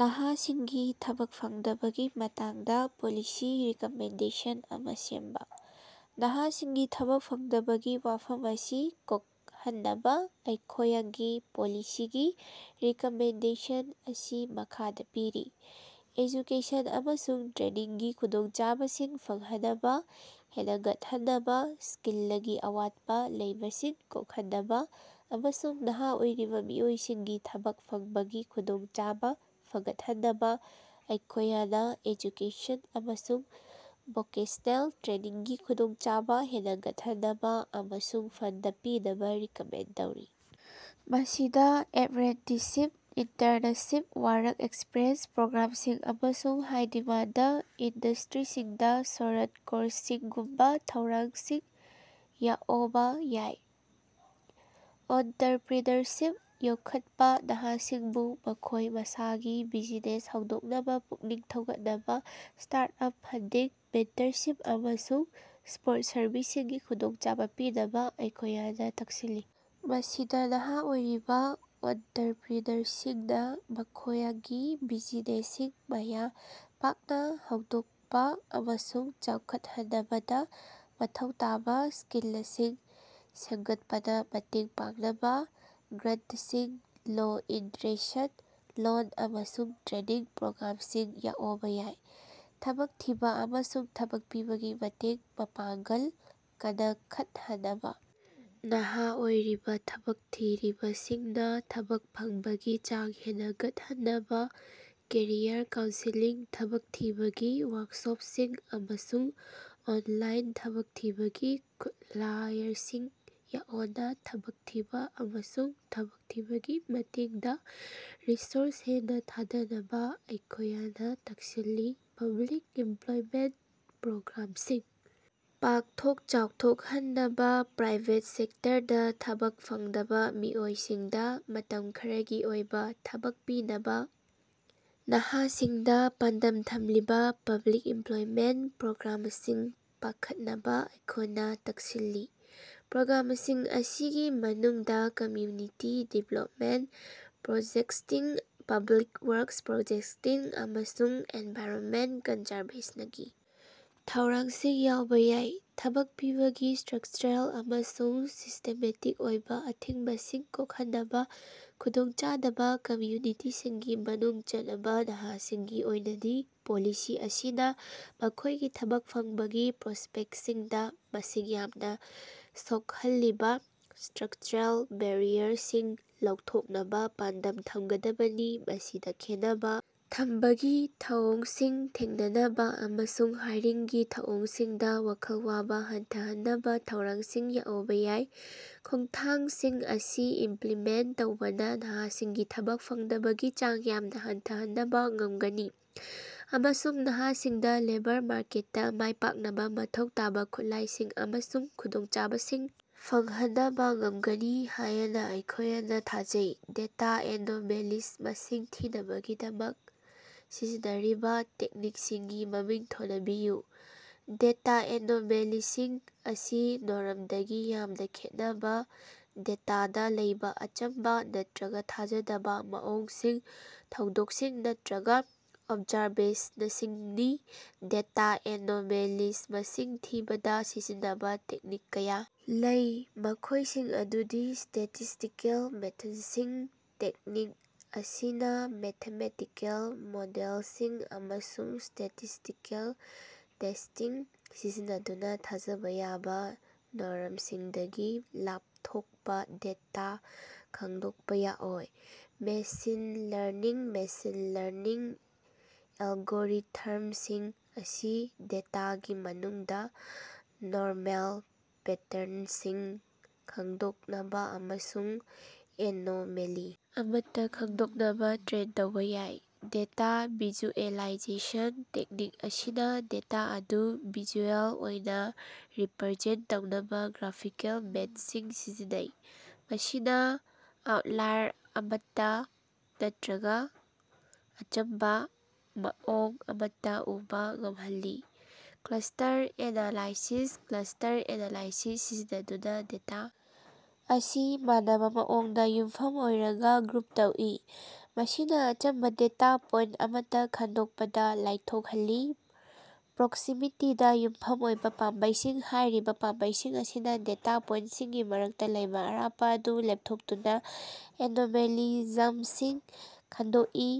ꯅꯍꯥꯁꯤꯡꯒꯤ ꯊꯕꯛ ꯐꯪꯗꯕꯒꯤ ꯃꯇꯥꯡꯗꯥ ꯄꯣꯂꯤꯁꯤ ꯔꯤꯀꯃꯦꯟꯗꯦꯁꯟ ꯑꯃꯥ ꯁꯦꯝꯕꯥ꯫ ꯅꯍꯥꯁꯤꯡꯒꯤ ꯊꯕꯛ ꯐꯪꯗꯕꯒꯤ ꯋꯥꯐꯝ ꯑꯁꯤ ꯀꯣꯀꯍꯟꯅꯕꯥ ꯑꯩꯈꯣꯌꯒꯤ ꯄꯣꯂꯤꯁꯤꯒꯤ ꯔꯤꯀꯃꯦꯟꯗꯦꯁꯟ ꯑꯁꯤ ꯃꯈꯥꯗꯥ ꯄꯤꯔꯤ: ꯑꯦꯖꯨꯀꯦꯁꯟ ꯑꯃꯁꯨꯡ ꯇ꯭ꯔꯦꯅꯤꯡꯒꯤ ꯈꯨꯗꯣꯡꯆꯥꯕꯁꯤꯡ ꯐꯪꯍꯅꯕꯥ ꯍꯦꯅꯒꯠꯍꯟꯅꯕꯥ: ꯁ꯭ꯀꯤꯂꯒꯤ ꯑꯋꯥꯠꯄꯥ ꯂꯩꯕꯁꯤꯡ ꯀꯣꯀꯍꯟꯅꯕꯥ ꯑꯃꯁꯨꯡ ꯅꯍꯥ ꯑꯣꯏꯔꯤꯕꯥ ꯃꯤꯑꯣꯏꯁꯤꯡꯒꯤ ꯊꯕꯛ ꯐꯪꯕꯒꯤ ꯈꯨꯗꯣꯡꯆꯥꯕꯥ ꯐꯒꯠꯍꯟꯅꯕꯥ, ꯑꯩꯈꯣꯌꯅꯥ ꯑꯦꯖꯨꯀꯦꯁꯟ ꯑꯃꯁꯨꯡ ꯚꯣꯀꯦꯁ꯭ꯅꯦꯜ ꯇ꯭ꯔꯦꯅꯤꯡꯒꯤ ꯈꯨꯗꯣꯡꯆꯥꯕꯥ ꯍꯦꯅꯒꯠꯍꯟꯅꯕꯥ ꯑꯃꯁꯨꯡ ꯐꯟꯗ ꯄꯤꯅꯕꯥ ꯔꯤꯀꯃꯦꯟꯗ ꯇꯧꯔꯤ꯫. ꯃꯁꯤꯗꯥ ꯑꯦꯞꯔꯦꯟꯇꯤꯁꯁꯤꯞ, ꯏꯟꯇꯔꯅꯁꯤꯞ, ꯋꯥꯔꯛ ꯑꯦꯛꯁꯄꯤꯔꯤꯑꯦꯟꯁ ꯄ꯭ꯔꯣꯒ꯭ꯔꯥꯃꯁꯤꯡ, ꯑꯃꯁꯨꯡ ꯍꯥꯏ-ꯗꯤꯃꯥꯟꯗ ꯏꯟꯗꯁ꯭ꯠꯔꯤꯁꯤꯡꯗꯥ ꯁꯣꯔꯠ ꯀꯣꯔꯁꯁꯤꯡꯒꯨꯝꯕꯥ ꯊꯧꯔꯥꯡꯁꯤꯡ ꯌꯥꯑꯣꯕꯥ ꯌꯥꯏ꯫ ꯑꯣꯟꯠꯔꯞꯔꯤꯅꯔꯁꯤꯞ ꯌꯣꯀꯈꯠꯄꯥ: ꯅꯍꯥꯁꯤꯡꯕꯨ ꯃꯈꯣꯌ ꯃꯁꯥꯒꯤ ꯕꯤꯖꯤꯅꯦꯁ ꯍꯧꯗꯣꯛꯅꯕꯥ ꯄꯨꯛꯅꯤꯡ ꯊꯧꯒꯠꯅꯕꯥ, ꯁ꯭ꯇꯥꯔꯠ-ꯑꯞ ꯐꯟꯗꯤꯡ, ꯃꯦꯟꯇꯔꯁꯤꯞ, ꯑꯃꯁꯨꯡ ꯁꯄꯣꯔꯠ ꯁꯔꯕꯤꯁꯁꯤꯡꯒꯤ ꯈꯨꯗꯣꯡꯆꯥꯕꯥ ꯄꯤꯅꯕꯥ ꯑꯩꯈꯣꯌꯅꯥ ꯇꯀꯁꯤꯜꯂꯤ꯫ ꯃꯁꯤꯗꯥ ꯅꯍꯥ ꯑꯣꯏꯔꯤꯕꯥ ꯑꯣꯟꯠꯔꯞꯔꯤꯅꯔꯁꯤꯡꯅꯥ ꯃꯈꯣꯌꯒꯤ ꯕꯤꯖꯤꯅꯦꯁꯁꯤꯡ ꯃꯥꯌ ꯄꯥꯛꯅꯥ ꯍꯧꯗꯣꯀꯄꯥ ꯑꯃꯁꯨꯡ ꯆꯥꯎꯈꯠꯍꯅꯕꯗꯥ ꯃꯊꯧ ꯇꯥꯕꯥ ꯁ꯭ꯀꯤꯂꯁꯤꯡ ꯁꯦꯃꯒꯠꯄꯗꯥ ꯃꯇꯦꯡ ꯄꯥꯡꯅꯕꯥ ꯒ꯭ꯔꯥꯟꯇꯁꯤꯡ, ꯂꯣ-ꯏꯟꯇꯔꯦꯁ꯭ꯠ ꯂꯣꯟ, ꯑꯃꯁꯨꯡ ꯇ꯭ꯔꯦꯅꯤꯡ ꯄ꯭ꯔꯣꯒ꯭ꯔꯥꯃꯁꯤꯡ ꯌꯥꯑꯣꯕꯥ ꯌꯥꯏ꯫ ꯊꯕꯛ ꯊꯤꯕꯥ ꯑꯃꯁꯨꯡ ꯊꯕꯛ ꯄꯤꯕꯒꯤ ꯃꯇꯦꯡ ꯃꯄꯥꯉ꯭ꯒꯜ ꯀꯅꯈꯠꯍꯅꯕꯥ: ꯅꯍꯥ ꯑꯣꯏꯔꯤꯕꯥ ꯊꯕꯛ ꯊꯤꯔꯤꯕꯁꯤꯡꯅꯥ ꯊꯕꯛ ꯐꯪꯕꯒꯤ ꯆꯥꯡ ꯍꯦꯅꯒꯠꯍꯟꯅꯕꯥ, ꯀꯦꯔꯤꯌꯔ ꯀꯥꯎꯟꯁꯦꯂꯤꯡ, ꯊꯕꯛ ꯊꯤꯕꯒꯤ ꯋꯥꯔꯀꯁꯣꯄꯁꯤꯡ, ꯑꯃꯁꯨꯡ ꯑꯣꯅꯂꯥꯏꯟ ꯊꯕꯛ ꯊꯤꯕꯒꯤ ꯈꯨꯠꯂꯥꯌꯁꯤꯡ ꯌꯥꯑꯣꯅꯥ ꯊꯕꯛ ꯊꯤꯕꯥ ꯑꯃꯁꯨꯡ ꯊꯕꯛ ꯊꯤꯕꯒꯤ ꯃꯇꯦꯡꯗꯥ ꯔꯤꯁꯣꯔꯁ ꯍꯦꯟꯅꯥ ꯊꯥꯗꯅꯕꯥ ꯑꯩꯈꯣꯌꯅꯥ ꯇꯀꯁꯤꯜꯂꯤ꯫ ꯄꯕ꯭ꯂꯤꯛ ꯏꯃꯞꯂꯣꯏꯃꯦꯟꯇ ꯄ꯭ꯔꯣꯒ꯭ꯔꯥꯃꯁꯤꯡ ꯄꯥꯀꯊꯣꯛ ꯆꯥꯎꯊꯣꯀꯍꯅꯕꯥ: ꯄ꯭ꯔꯥꯏꯕꯦꯠ ꯁꯦꯛꯇꯔꯗꯥ ꯊꯕꯛ ꯐꯪꯗꯕꯥ ꯃꯤꯑꯣꯏꯁꯤꯡꯗꯥ ꯃꯇꯝ ꯈꯔꯒꯤ ꯑꯣꯏꯕꯥ ꯊꯕꯛ ꯄꯤꯅꯕꯥ ꯅꯍꯥꯁꯤꯡꯗꯥ ꯄꯥꯟꯗꯝ ꯊꯝꯂꯤꯕꯥ ꯄꯕ꯭ꯂꯤꯛ ꯏꯃꯞꯂꯣꯏꯃꯦꯟꯇ ꯄ꯭ꯔꯣꯒ꯭ꯔꯥꯃꯁꯤꯡ ꯄꯥꯌꯈꯠꯅꯕꯥ ꯑꯩꯈꯣꯌꯅꯥ ꯇꯀꯁꯤꯜꯂꯤ꯫ ꯄ꯭ꯔꯣꯒ꯭ꯔꯥꯃꯁꯤꯡ ꯑꯁꯤꯒꯤ ꯃꯅꯨꯡꯗꯥ ꯀꯝꯌꯨꯅꯤꯇꯤ ꯗꯤꯚꯦꯂꯄꯃꯦꯟꯇ ꯄ꯭ꯔꯣꯖꯦꯛꯇꯁꯤꯡ, ꯄꯕ꯭ꯂꯤꯛ ꯋꯔꯀꯁ ꯄ꯭ꯔꯣꯖꯦꯛꯇꯁꯤꯡ, ꯑꯃꯁꯨꯡ ꯑꯦꯅꯚꯥꯏꯔꯅꯃꯦꯟꯇ ꯀꯟꯖꯥꯔꯕꯦꯁꯅꯒꯤ ꯊꯧꯔꯥꯡꯁꯤꯡ ꯌꯥꯎꯕꯥ ꯌꯥꯏ꯫ ꯊꯕꯛ ꯄꯤꯕꯒꯤ ꯁ꯭ꯠꯔꯀꯆꯔꯦꯜ ꯑꯃꯁꯨꯡ ꯁꯤꯁ꯭ꯇꯦꯃꯦꯇꯤꯛ ꯑꯣꯏꯕꯥ ꯑꯊꯤꯡꯕꯁꯤꯡ ꯀꯣꯀꯍꯟꯅꯕꯥ ꯈꯨꯗꯣꯡꯆꯥꯗꯕꯥ ꯀꯝꯌꯨꯅꯤꯇꯤꯁꯤꯡꯒꯤ ꯃꯅꯨꯡ ꯆꯅꯕꯥ ꯅꯍꯥꯁꯤꯡꯒꯤ ꯑꯣꯏꯅꯗꯤ, ꯄꯣꯂꯤꯁꯤ ꯑꯁꯤꯅꯥ ꯃꯈꯣꯌꯒꯤ ꯊꯕꯛ ꯐꯪꯕꯒꯤ ꯄ꯭ꯔꯣꯁ꯭ꯄꯦꯛꯇꯁꯤꯡꯗꯥ ꯃꯁꯤꯡ ꯌꯥꯃꯅꯥ ꯁꯣꯀꯍꯜꯂꯤꯕꯥ ꯁ꯭ꯠꯔꯀꯆꯔꯦꯜ ꯕꯦꯔꯤꯌꯔꯁꯤꯡ ꯂꯧꯊꯣꯛꯅꯕꯥ ꯄꯥꯟꯗꯝ ꯊꯃꯒꯗꯕꯅꯤ꯫ ꯃꯁꯤꯗꯥ ꯈꯦꯟꯅꯕꯥ ꯊꯝꯕꯒꯤ ꯊꯧꯑꯣꯡꯁꯤꯡ ꯊꯦꯡꯅꯅꯕꯥ ꯑꯃꯁꯨꯡ ꯍꯥꯏꯔꯤꯡꯒꯤ ꯊꯧꯑꯣꯡꯁꯤꯡꯗꯥ ꯋꯥꯈꯜ ꯋꯥꯕꯥ ꯍꯟꯊꯍꯟꯅꯕꯥ ꯊꯧꯔꯥꯡꯁꯤꯡ ꯌꯥꯑꯣꯕꯥ ꯌꯥꯏ꯫ ꯈꯣꯡꯊꯥꯡꯁꯤꯡ ꯑꯁꯤ ꯏꯃꯞꯂꯤꯃꯦꯟꯇ ꯇꯧꯕꯅꯥ ꯅꯍꯥꯁꯤꯡꯒꯤ ꯊꯕꯛ ꯐꯪꯗꯕꯒꯤ ꯆꯥꯡ ꯌꯥꯝꯅꯥ ꯍꯟꯊꯍꯅꯕꯥ ꯉꯃꯒꯅꯤ ꯑꯃꯁꯨꯡ ꯅꯍꯥꯁꯤꯡꯗꯥ ꯂꯦꯕꯔ ꯃꯥꯔꯀꯦꯠꯇꯥ ꯃꯥꯏꯄꯥꯛꯅꯕꯥ ꯃꯊꯧ ꯇꯥꯕꯥ ꯈꯨꯠꯂꯥꯌꯁꯤꯡ ꯑꯃꯁꯨꯡ ꯈꯨꯗꯣꯡꯆꯥꯕꯁꯤꯡ ꯐꯪꯍꯅꯕꯥ ꯉꯃꯒꯅꯤ ꯍꯥꯌꯅꯥ ꯑꯩꯈꯣꯌꯅꯥ ꯊꯥꯖꯩ꯫ ꯗꯦꯇꯥ ꯑꯦꯅꯣꯃꯦꯂꯤꯖꯃꯁꯤꯡ ꯊꯤꯅꯕꯒꯤꯗꯃꯛ ꯁꯤꯖꯤꯟꯅꯔꯤꯕꯥ ꯇꯦꯛꯅꯤꯀꯁꯤꯡꯒꯤ ꯃꯃꯤꯡ ꯊꯣꯅꯕꯤꯌꯨ꯫ ꯗꯦꯇꯥ ꯑꯦꯅꯣꯃꯦꯂꯤꯁꯤꯡ ꯑꯁꯤ ꯅꯣꯔꯃꯗꯒꯤ ꯌꯥꯝꯅꯥ ꯈꯦꯠꯅꯕꯥ ꯗꯦꯇꯥꯗꯥ ꯂꯩꯕꯥ ꯑꯆꯝꯕꯥ ꯅꯠꯠꯔꯒꯥ ꯊꯥꯖꯗꯕꯥ ꯃꯑꯣꯡꯁꯤꯡ, ꯊꯧꯗꯣꯀꯁꯤꯡ ꯅꯠꯠꯔꯒꯥ ꯑꯣꯕꯖꯥꯔꯕꯦꯁꯅꯁꯤꯡꯅꯤ꯫ ꯗꯦꯇꯥ ꯑꯦꯅꯣꯃꯦꯂꯤꯖꯃꯁꯤꯡ ꯊꯤꯕꯗꯥ ꯁꯤꯖꯤꯟꯅꯕꯥ ꯇꯦꯛꯅꯤꯛ ꯀꯌꯥ ꯂꯩ, ꯃꯈꯣꯌꯁꯤꯡ ꯑꯗꯨꯗꯤ: ꯁ꯭ꯇꯦꯇꯤꯁ꯭ꯇꯤꯀꯦꯜ ꯃꯦꯊꯗꯁꯤꯡ: ꯇꯦꯛꯅꯤꯛ ꯑꯁꯤꯅꯥ ꯃꯦꯊꯃꯦꯇꯤꯀꯦꯜ ꯃꯣꯗꯦꯂꯁꯤꯡ ꯑꯃꯁꯨꯡ ꯁ꯭ꯇꯦꯇꯤꯁ꯭ꯇꯤꯀꯦꯜ ꯇꯦꯁ꯭ꯇꯁꯤꯡ ꯁꯤꯖꯤꯟꯅꯗꯨꯅꯥ ꯊꯥꯖꯕꯥ ꯌꯥꯕꯥ ꯅꯣꯔꯃꯁꯤꯡꯗꯒꯤ ꯂꯥꯄꯊꯣꯀꯄꯥ ꯗꯦꯇꯥ ꯈꯉꯗꯣꯀꯄꯥ ꯌꯥꯑꯣꯏ꯫ ꯃꯦꯁꯤꯟ ꯂꯔꯅꯤꯡ: ꯃꯦꯁꯤꯟ ꯂꯔꯅꯤꯡ ꯑꯦꯂꯒꯣꯔꯤꯊꯃꯁꯤꯡ ꯑꯁꯤ ꯗꯦꯇꯥꯒꯤ ꯃꯅꯨꯡꯗꯥ ꯅꯣꯔꯃꯦꯜ ꯄꯦꯇꯔꯅꯁꯤꯡ ꯈꯉꯗꯣꯛꯅꯕꯥ ꯑꯃꯁꯨꯡ ꯑꯦꯅꯣꯃꯦꯂꯤ ꯑꯃꯠꯇꯥ ꯈꯉꯗꯣꯛꯅꯕꯥ ꯇ꯭ꯔꯦꯟ ꯇꯧꯕꯥ ꯌꯥꯏ꯫ ꯗꯦꯇꯥ ꯚꯤꯖꯨꯑꯦꯂꯥꯏꯖꯦꯁꯟ: ꯇꯦꯛꯅꯤꯛ ꯑꯁꯤꯅꯥ ꯗꯦꯇꯥ ꯑꯗꯨ ꯚꯤꯖꯨꯑꯦꯜ ꯑꯣꯏꯅꯥ ꯔꯤꯞꯔꯖꯦꯟꯇ ꯇꯧꯅꯕꯥ ꯒ꯭ꯔꯥꯐꯤꯀꯦꯜ ꯃꯦꯊꯗꯁꯤꯡ ꯁꯤꯖꯤꯟꯅꯩ, ꯃꯁꯤꯅꯥ ꯑꯥꯎꯠꯂꯥꯏꯔ ꯑꯃꯠꯇꯥ ꯅꯠꯠꯔꯒꯥ ꯑꯆꯝꯕꯥ ꯃꯑꯣꯡ ꯑꯃꯠꯇꯥ ꯎꯕꯥ ꯉꯃꯍꯜꯂꯤ꯫ ꯀ꯭ꯂꯁ꯭ꯇꯔ ꯑꯦꯅꯥꯂꯥꯏꯁꯤꯁ: ꯀ꯭ꯂꯁ꯭ꯇꯔ ꯑꯦꯅꯥꯂꯥꯏꯁꯤꯁ ꯁꯤꯖꯤꯟꯅꯗꯨꯅꯥ ꯗꯦꯇꯥ ꯑꯁꯤ ꯃꯥꯟꯅꯕꯥ ꯃꯑꯣꯡꯗꯥ ꯌꯨꯝꯐꯝ ꯑꯣꯏꯔꯒꯥ ꯒ꯭ꯔꯨꯞ ꯇꯧꯏ, ꯃꯁꯤꯅꯥ ꯑꯆꯝꯕꯥ ꯗꯦꯇꯥ ꯄꯣꯏꯟꯇ ꯑꯃꯠꯇꯥ ꯈꯉꯗꯣꯀꯄꯗꯥ ꯂꯥꯏꯊꯣꯀꯍꯜꯂꯤ꯫ ꯄ꯭ꯔꯣꯛꯁꯤꯃꯤꯇꯤꯗꯥ ꯌꯨꯝꯐꯝ ꯑꯣꯏꯕꯥ ꯄꯥꯝꯕꯩꯁꯤꯡ: ꯍꯥꯌꯔꯤꯕꯥ ꯄꯥꯝꯕꯩꯁꯤꯡ ꯑꯁꯤꯅꯥ ꯗꯦꯇꯥ ꯄꯣꯏꯟꯇꯁꯤꯡꯒꯤ ꯃꯔꯛꯇꯥ ꯂꯩꯕꯥ ꯑꯔꯥꯞꯄꯥ ꯑꯗꯨ ꯂꯦꯄꯊꯣꯛꯇꯨꯅꯥ ꯑꯦꯅꯣꯃꯦꯂꯤꯖꯃꯁꯤꯡ ꯈꯉꯗꯣꯀꯏ,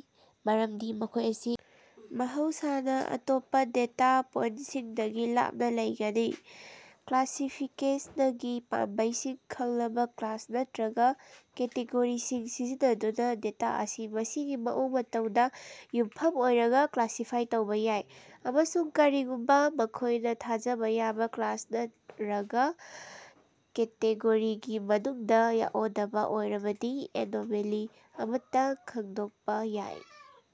ꯃꯔꯃꯗꯤ ꯃꯈꯣꯌ ꯑꯁꯤ ꯃꯍꯧꯁꯥꯅꯥ ꯑꯇꯣꯞꯄꯥ ꯗꯦꯇꯥ ꯄꯣꯏꯟꯇꯁꯤꯡꯗꯒꯤ ꯂꯥꯞꯅꯥ ꯂꯩꯒꯅꯤ꯫ ꯀ꯭ꯂꯥꯁꯤꯐꯤꯀꯦꯁꯅꯒꯤ ꯄꯥꯝꯕꯩꯁꯤꯡ: ꯈꯉꯂꯕꯥ ꯀ꯭ꯂꯥꯁ ꯅꯠꯔꯒꯥ ꯀꯦꯇꯦꯒꯣꯔꯤꯁꯤꯡ ꯁꯤꯖꯤꯟꯅꯗꯨꯅꯥ ꯗꯦꯇꯥ ꯑꯁꯤ ꯃꯁꯤꯒꯤ ꯃꯑꯣꯡ ꯃꯇꯧꯗꯥ ꯌꯨꯝꯐꯝ ꯑꯣꯏꯔꯒꯥ ꯀ꯭ꯂꯥꯁꯤꯐꯥꯏ ꯇꯧꯕꯥ ꯌꯥꯏ, ꯑꯃꯁꯨꯡ ꯀꯔꯤꯒꯨꯝꯕꯥ ꯃꯈꯣꯌꯅꯥ ꯊꯥꯖꯕꯥ ꯌꯥꯕꯥ ꯀ꯭ꯂꯥꯁ ꯅꯠꯔꯒꯥ ꯀꯦꯇꯦꯒꯣꯔꯤꯒꯤ ꯃꯅꯨꯡꯗꯥ ꯌꯥꯑꯣꯗꯕꯥ ꯑꯣꯏꯔꯕꯗꯤ ꯑꯦꯅꯣꯃꯦꯂꯤ ꯑꯃꯠꯇꯥ ꯈꯉꯗꯣꯀꯄꯥ ꯌꯥꯏ꯫